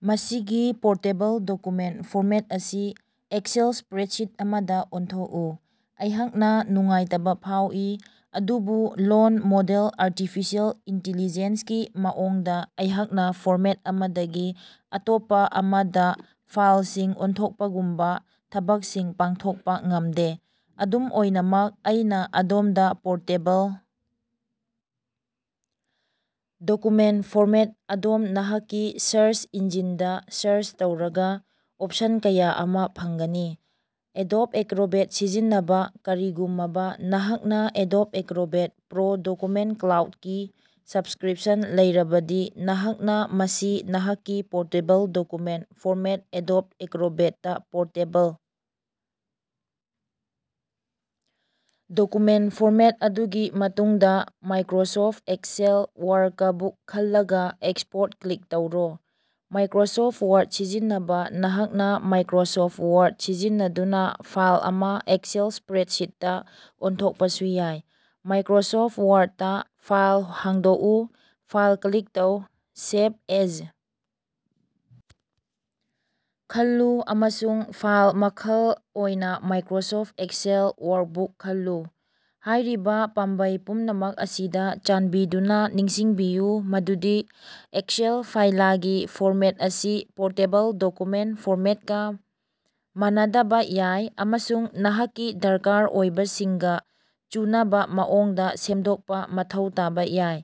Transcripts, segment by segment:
ꯃꯁꯤꯒꯤ portable document format ꯑꯁꯤ Excel spreadsheet ꯑꯃꯗꯥ ꯑꯣꯟꯊꯣꯛꯎ꯫ ꯑꯩꯍꯥꯛꯅꯥ ꯅꯨꯡꯉꯥꯏꯇꯕꯥ ꯐꯥꯎꯏ ꯑꯗꯨꯕꯨ ꯂꯣꯜ ꯃꯣꯗꯦꯜ ꯑꯥꯔꯇꯤꯐꯤꯁꯤꯌꯦꯜ ꯏꯟꯇꯤꯂꯤꯖꯦꯟꯁꯀꯤ ꯃꯑꯣꯡꯗꯥ ꯑꯩꯍꯥꯛꯅꯥ ꯐꯣꯔꯃꯦꯠ ꯑꯃꯗꯒꯤ ꯑꯇꯣꯞꯄꯥ ꯑꯃꯗꯥ ꯐꯥꯏꯂꯁꯤꯡ ꯑꯣꯟꯊꯣꯛꯄꯒꯨꯝꯕꯥ ꯊꯕꯛꯁꯤꯡ ꯄꯥꯡꯊꯣꯛꯄꯥ ꯉꯝꯗꯦ꯫ ꯑꯗꯨꯝ ꯑꯣꯏꯅꯃꯛ ꯑꯩꯅꯥ ꯑꯗꯣꯝꯗꯥ ꯄꯣꯔꯇꯦꯕꯜ ꯗꯣꯀꯨꯃꯦꯟꯠ ꯐꯣꯔꯃꯦꯠ ꯑꯗꯣꯝ ꯅꯍꯥꯛꯀꯤ ꯁꯥꯔꯆ ꯏꯟꯖꯤꯅꯗꯥ ꯁꯥꯔꯆ ꯇꯧꯔꯒꯥ ꯑꯣꯞꯁꯟ ꯀꯌꯥ ꯑꯃꯥ ꯐꯪꯒꯅꯤ꯫ ꯑꯦꯗꯣꯕ ꯑꯦꯀ꯭ꯔꯣꯕꯦꯠ ꯁꯤꯖꯤꯟꯅꯕꯥ ꯀꯔꯤꯒꯨꯃꯕꯥ ꯅꯍꯥꯛꯅꯥ ꯑꯦꯗꯣꯕ ꯑꯦꯀ꯭ꯔꯣꯕꯦꯠ ꯄ꯭ꯔꯣ ꯗꯣꯀꯨꯃꯦꯟꯠ ꯀ꯭ꯂꯥꯎꯗꯀꯤ ꯁꯕꯁꯀ꯭ꯔꯤꯄꯁꯟ ꯂꯩꯔꯕꯗꯤ ꯅꯍꯥꯛꯅꯥ ꯃꯁꯤ ꯅꯍꯥꯛꯀꯤ ꯄꯣꯔꯇꯦꯕꯜ ꯗꯣꯀꯨꯃꯦꯟꯠ ꯐꯣꯔꯃꯦꯠ ꯑꯦꯗꯣꯕ ꯑꯦꯀ꯭ꯔꯣꯕꯦꯠꯇꯥ ꯄꯣꯔꯇꯦꯕꯜ ꯗꯣꯀꯨꯃꯦꯟꯠ ꯐꯣꯔꯃꯦꯠ ꯃꯗꯨꯒꯤ ꯃꯇꯨꯡꯗꯥ ꯃꯥꯏꯀ꯭ꯔꯣꯁꯣꯐꯠ ꯑꯦꯛꯁꯦꯜ ꯋꯥꯔꯀꯕꯨꯛ ꯈꯜꯂꯒꯥ ꯑꯦꯛꯁꯄꯣꯔꯠ ꯀ꯭ꯂꯤꯛ ꯇꯧꯔꯣ꯫ ꯃꯥꯏꯀ꯭ꯔꯣꯁꯣꯐꯠ ꯋꯥꯔꯗ ꯁꯤꯖꯤꯟꯅꯕꯥ ꯅꯍꯥꯛꯅꯥ ꯃꯥꯏꯀ꯭ꯔꯣꯁꯣꯐꯠ ꯋꯥꯔꯗ ꯁꯤꯖꯤꯟꯅꯗꯨꯅꯥ ꯐꯥꯏꯜ ꯑꯃꯥ ꯑꯦꯛꯁꯦꯜ ꯁ꯭ꯄꯔꯦꯗꯁꯤꯠꯇꯥ ꯑꯣꯟꯊꯣꯛꯄꯁꯨ ꯌꯥꯏ꯫ ꯃꯥꯏꯀ꯭ꯔꯣꯁꯣꯐꯠ ꯋꯥꯔꯗꯇꯥ ꯐꯥꯏꯜ ꯍꯥꯡꯗꯣꯛꯎ ꯐꯥꯏꯜ ꯀ꯭ꯂꯤꯛ ꯇꯧ ꯁꯦꯚ ꯑꯦꯖ ꯈꯜꯂꯨ ꯑꯃꯁꯨꯡ ꯐꯥꯏꯜ ꯃꯈꯜ ꯑꯣꯏꯅꯥ "ꯃꯥꯏꯀ꯭ꯔꯣꯁꯣꯐꯠ ꯑꯦꯛꯁꯦꯜ ꯋꯥꯔꯀꯕꯨꯛ ꯈꯜꯂꯨ꯫ ꯍꯥꯏꯔꯤꯕꯥ ꯄꯥꯝꯕꯩ ꯄꯨꯝꯅꯃꯛ ꯑꯁꯤꯗꯥ ꯆꯥꯟꯕꯤꯗꯨꯅꯥ ꯅꯤꯡꯁꯤꯡꯕꯤꯌꯨ ꯃꯗꯨꯗꯤ ꯑꯦꯛꯁꯦꯜ ꯐꯥꯏꯂꯒꯤ ꯐꯣꯔꯃꯦꯠ ꯑꯁꯤ ꯄꯣꯔꯇꯦꯕꯜ ꯗꯣꯀꯨꯃꯦꯟꯠ ꯐꯣꯔꯃꯦꯠꯀꯥ ꯃꯥꯟꯅꯗꯕꯥ ꯌꯥꯏ ꯑꯃꯁꯨꯡ ꯅꯍꯥꯛꯀꯤ ꯗꯔꯀꯥꯔ ꯑꯣꯏꯕꯁꯤꯡꯒꯥ ꯆꯨꯅꯕꯥ ꯃꯑꯣꯡꯗꯥ ꯁꯦꯝꯗꯣꯛꯄꯥ ꯃꯊꯧ ꯇꯥꯕꯥ ꯌꯥꯏ꯫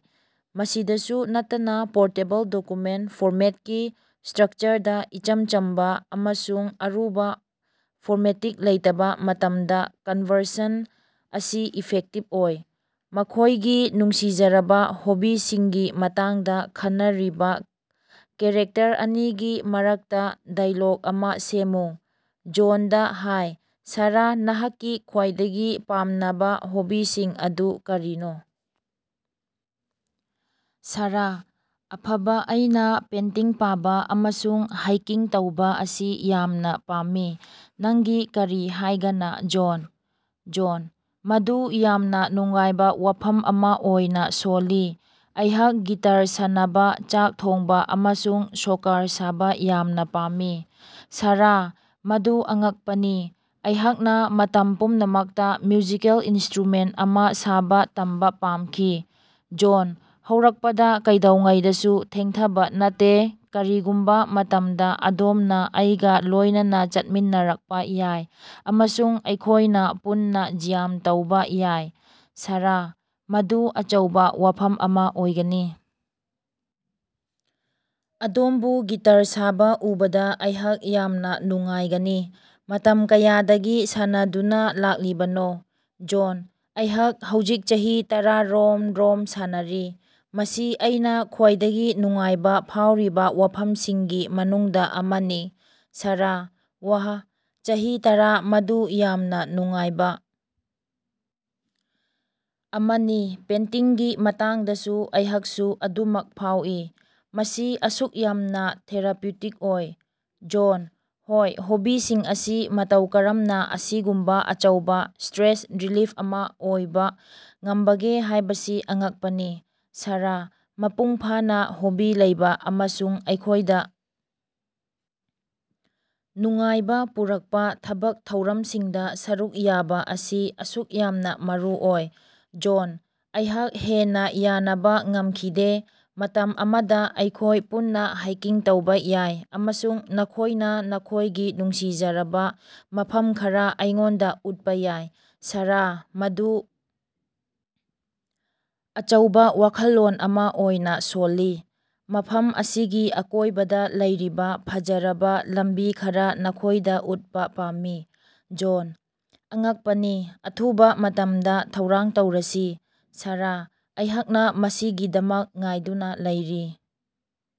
ꯃꯁꯤꯗꯁꯨ ꯅꯠꯇꯅꯥ ꯄꯣꯔꯇꯦꯕꯜ ꯗꯣꯀꯨꯃꯦꯟꯠ ꯐꯣꯔꯃꯦꯠꯀꯤ ꯁ꯭ꯇꯔꯛꯆꯔꯗꯥ ꯏꯆꯝ ꯆꯝꯕꯥ ꯑꯃꯁꯨꯡ ꯑꯔꯨꯕꯥ ꯐꯣꯔꯃꯦꯇꯤꯡ ꯂꯩꯇꯕꯥ ꯃꯇꯝꯗꯥ ꯀꯟꯕꯔꯁꯟ ꯑꯁꯤ ꯏꯐꯦꯛꯇꯤꯕ ꯑꯣꯏ꯫ ꯃꯈꯣꯏꯒꯤ ꯅꯨꯡꯁꯤꯖꯔꯕꯥ ꯍꯣꯕꯤꯁꯤꯡꯒꯤ ꯃꯇꯥꯡꯗꯥ ꯈꯟꯅꯔꯤꯕꯥ ꯀꯦꯔꯦꯛꯇꯔ ꯑꯅꯤꯒꯤ ꯃꯔꯛꯇꯥ ꯗꯥꯏꯂꯣꯒ ꯑꯃꯥ ꯁꯦꯝꯃꯨ꯫ ꯖꯣꯟꯗꯥ: ꯍꯥꯏ ꯁꯥꯔꯥ ꯅꯍꯥꯛꯀꯤ ꯈ꯭ꯋꯥꯏꯗꯒꯤ ꯄꯥꯝꯅꯕꯥ ꯍꯣꯕꯤꯁꯤꯡ ꯑꯗꯨ ꯀꯔꯤꯅꯣ? ꯁꯥꯔꯥ: ꯑꯐꯕ ꯑꯩꯅꯥ ꯄꯦꯟꯇꯤꯡ ꯄꯥꯕꯥ ꯑꯃꯁꯨꯡ ꯍꯥꯏꯀꯤꯡ ꯇꯧꯕꯥ ꯑꯁꯤ ꯌꯥꯝꯅꯥ ꯄꯥꯝꯃꯤ꯫ ꯅꯪꯒꯤ ꯀꯔꯤ ꯍꯥꯏꯒꯅ ꯖꯣꯟ? ꯖꯣꯟ: ꯃꯗꯨ ꯌꯥꯝꯅꯥ ꯅꯨꯡꯉꯥꯏꯕꯥ ꯋꯥꯐꯝ ꯑꯃꯥ ꯑꯣꯏꯅꯥ ꯁꯣꯜꯂꯤ꯫ ꯑꯩꯍꯥꯛ ꯒꯤꯇꯔ ꯁꯥꯟꯅꯕꯥ ꯆꯥꯛ ꯊꯣꯡꯕꯥ ꯑꯃꯁꯨꯡ ꯁꯣꯀꯔ ꯁꯥꯕꯥ ꯌꯥꯝꯅꯥ ꯄꯥꯝꯃꯤ꯫ ꯁꯥꯔꯥ: ꯃꯗꯨ ꯑꯉꯛꯄꯅꯤ꯫ ꯑꯩꯍꯥꯛꯅꯥ ꯃꯇꯝ ꯄꯨꯝꯅꯃꯛꯇꯥ ꯃ꯭ꯌꯨꯖꯤꯀꯦꯜ ꯏꯟꯁꯇ꯭ꯔꯨꯃꯦꯟꯇ ꯑꯃꯥ ꯁꯥꯕꯥ ꯇꯝꯕꯥ ꯄꯥꯃꯈꯤ꯫ ꯖꯣꯟ: ꯍꯧꯔꯛꯄꯗꯥ ꯀꯩꯗꯧꯉꯩꯗꯁꯨ ꯊꯦꯡꯊꯕꯥ ꯅꯠꯇꯦ꯫ ꯀꯔꯤꯒꯨꯝꯕꯥ ꯃꯇꯝꯗꯥ ꯑꯗꯣꯝꯅꯥ ꯑꯩꯒꯥ ꯂꯣꯏꯅꯅꯥ ꯆꯠꯃꯤꯟꯅꯔꯛꯄꯥ ꯌꯥꯏ ꯑꯃꯁꯨꯡ ꯑꯩꯈꯣꯏꯅꯥ ꯄꯨꯟꯅꯥ ꯖ꯭ꯌꯥꯝ ꯇꯧꯕꯥ ꯌꯥꯏ꯫ ꯁꯥꯔꯥ: ꯃꯗꯨ ꯑꯆꯧꯕꯥ ꯋꯥꯐꯝ ꯑꯃꯥ ꯑꯣꯏꯒꯅꯤ! ꯑꯗꯣꯝꯕꯨ ꯒꯤꯇꯔ ꯁꯥꯕꯥ ꯎꯕꯗꯥ ꯑꯩꯍꯥꯛ ꯌꯥꯝꯅꯥ ꯅꯨꯡꯉꯥꯏꯒꯅꯤ꯫ ꯃꯇꯝ ꯀꯌꯥꯗꯒꯤ ꯁꯥꯟꯅꯗꯨꯅꯥ ꯂꯥꯛꯂꯤꯕꯅꯣ? ꯖꯣꯟ: ꯑꯩꯍꯥꯛ ꯍꯧꯖꯤꯛ ꯆꯍꯤ ꯇꯔꯥꯔꯣꯝ ꯔꯣꯝ ꯁꯥꯟꯅꯔꯤ꯫ ꯃꯁꯤ ꯑꯩꯅꯥ ꯈ꯭ꯋꯥꯏꯗꯒꯤ ꯅꯨꯡꯉꯥꯏꯕꯥ ꯐꯥꯎꯔꯤꯕꯥ ꯋꯥꯐꯝꯁꯤꯡꯒꯤ ꯃꯅꯨꯡꯗꯥ ꯑꯃꯅꯤ꯫ ꯁꯥꯔꯥ: ꯋꯥꯍ ꯆꯍꯤ ꯇꯔꯥ ꯃꯗꯨ ꯌꯥꯝꯅꯥ ꯅꯨꯡꯉꯥꯏꯕꯥ ꯑꯃꯅꯤ꯫ ꯄꯦꯟꯇꯤꯡꯒꯤ ꯃꯇꯥꯡꯗꯁꯨ ꯑꯩꯍꯥꯛꯁꯨ ꯑꯗꯨꯃꯛ ꯐꯥꯎꯏ꯫ ꯃꯁꯤ ꯑꯁꯨꯛ ꯌꯥꯝꯅꯥ ꯊꯦꯔꯥꯄ꯭ꯌꯨꯇꯤꯛ ꯑꯣꯏ꯫ ꯖꯣꯟ: ꯍꯣꯏ ꯍꯣꯕꯤꯁꯤꯡ ꯑꯁꯤ ꯃꯇꯧ ꯀꯔꯝꯅꯥ ꯑꯁꯤꯒꯨꯝꯕꯥ ꯑꯆꯧꯕꯥ ꯁ꯭ꯇꯔꯦꯁ ꯔꯤꯂꯤꯐ ꯑꯃꯥ ꯑꯣꯏꯕꯥ ꯉꯝꯕꯒꯦ ꯍꯥꯏꯕꯁꯤ ꯑꯉꯛꯄꯅꯤ꯫ ꯁꯥꯔꯥ: ꯃꯄꯨꯡ ꯐꯥꯅꯥ ꯍꯣꯕꯤ ꯂꯩꯕꯥ ꯑꯃꯁꯨꯡ ꯑꯩꯈꯣꯏꯗꯥ ꯅꯨꯡꯉꯥꯏꯕꯥ ꯄꯨꯔꯛꯄꯥ ꯊꯥꯕꯛ ꯊꯧꯔꯝꯁꯤꯡꯗꯥ ꯁꯔꯨꯛ ꯌꯥꯕꯥ ꯑꯁꯤ ꯑꯁꯨꯛ ꯌꯥꯝꯅꯥ ꯃꯔꯨꯑꯣꯏ꯫ ꯖꯣꯟ: ꯑꯩꯍꯥꯛ ꯍꯦꯟꯅꯥ ꯌꯥꯅꯕꯥ ꯉꯝꯈꯤꯗꯦ꯫ ꯃꯇꯝ ꯑꯃꯗꯥ ꯑꯩꯈꯣꯏ ꯄꯨꯟꯅꯥ ꯍꯥꯏꯀꯤꯡ ꯇꯧꯕꯥ ꯌꯥꯏ ꯑꯃꯁꯨꯡ ꯅꯈꯣꯏꯅꯥ ꯅꯈꯣꯏꯒꯤ ꯅꯨꯡꯁꯤꯖꯔꯕꯥ ꯃꯐꯝ ꯈꯔꯥ ꯑꯩꯉꯣꯟꯗꯥ ꯎꯠꯄꯥ ꯌꯥꯏ꯫ ꯁꯥꯔꯥ: ꯃꯗꯨ ꯑꯆꯧꯕꯥ ꯋꯥꯈꯜꯂꯣꯟ ꯑꯃꯥ ꯑꯣꯏꯅꯥ ꯁꯣꯜꯂꯤ꯫ ꯃꯐꯝ ꯑꯁꯤꯒꯤ ꯑꯀꯣꯏꯕꯗꯥ ꯂꯩꯔꯤꯕꯥ ꯐꯖꯔꯕꯥ ꯂꯝꯕꯤ ꯈꯔꯥ ꯅꯈꯣꯏꯗꯥ ꯎꯠꯄꯥ ꯄꯥꯝꯃꯤ꯫ ꯖꯣꯟ: ꯑꯉꯛꯄꯅꯤ꯫ ꯑꯊꯨꯕꯥ ꯃꯇꯝꯗꯥ ꯊꯧꯔꯥꯡ ꯇꯧꯔꯁꯤ꯫ ꯁꯥꯔꯥ: ꯑꯩꯍꯥꯛꯅꯥ ꯃꯁꯤꯒꯤꯗꯃꯛ ꯉꯥꯏꯗꯨꯅꯥ ꯂꯩꯔꯤ꯫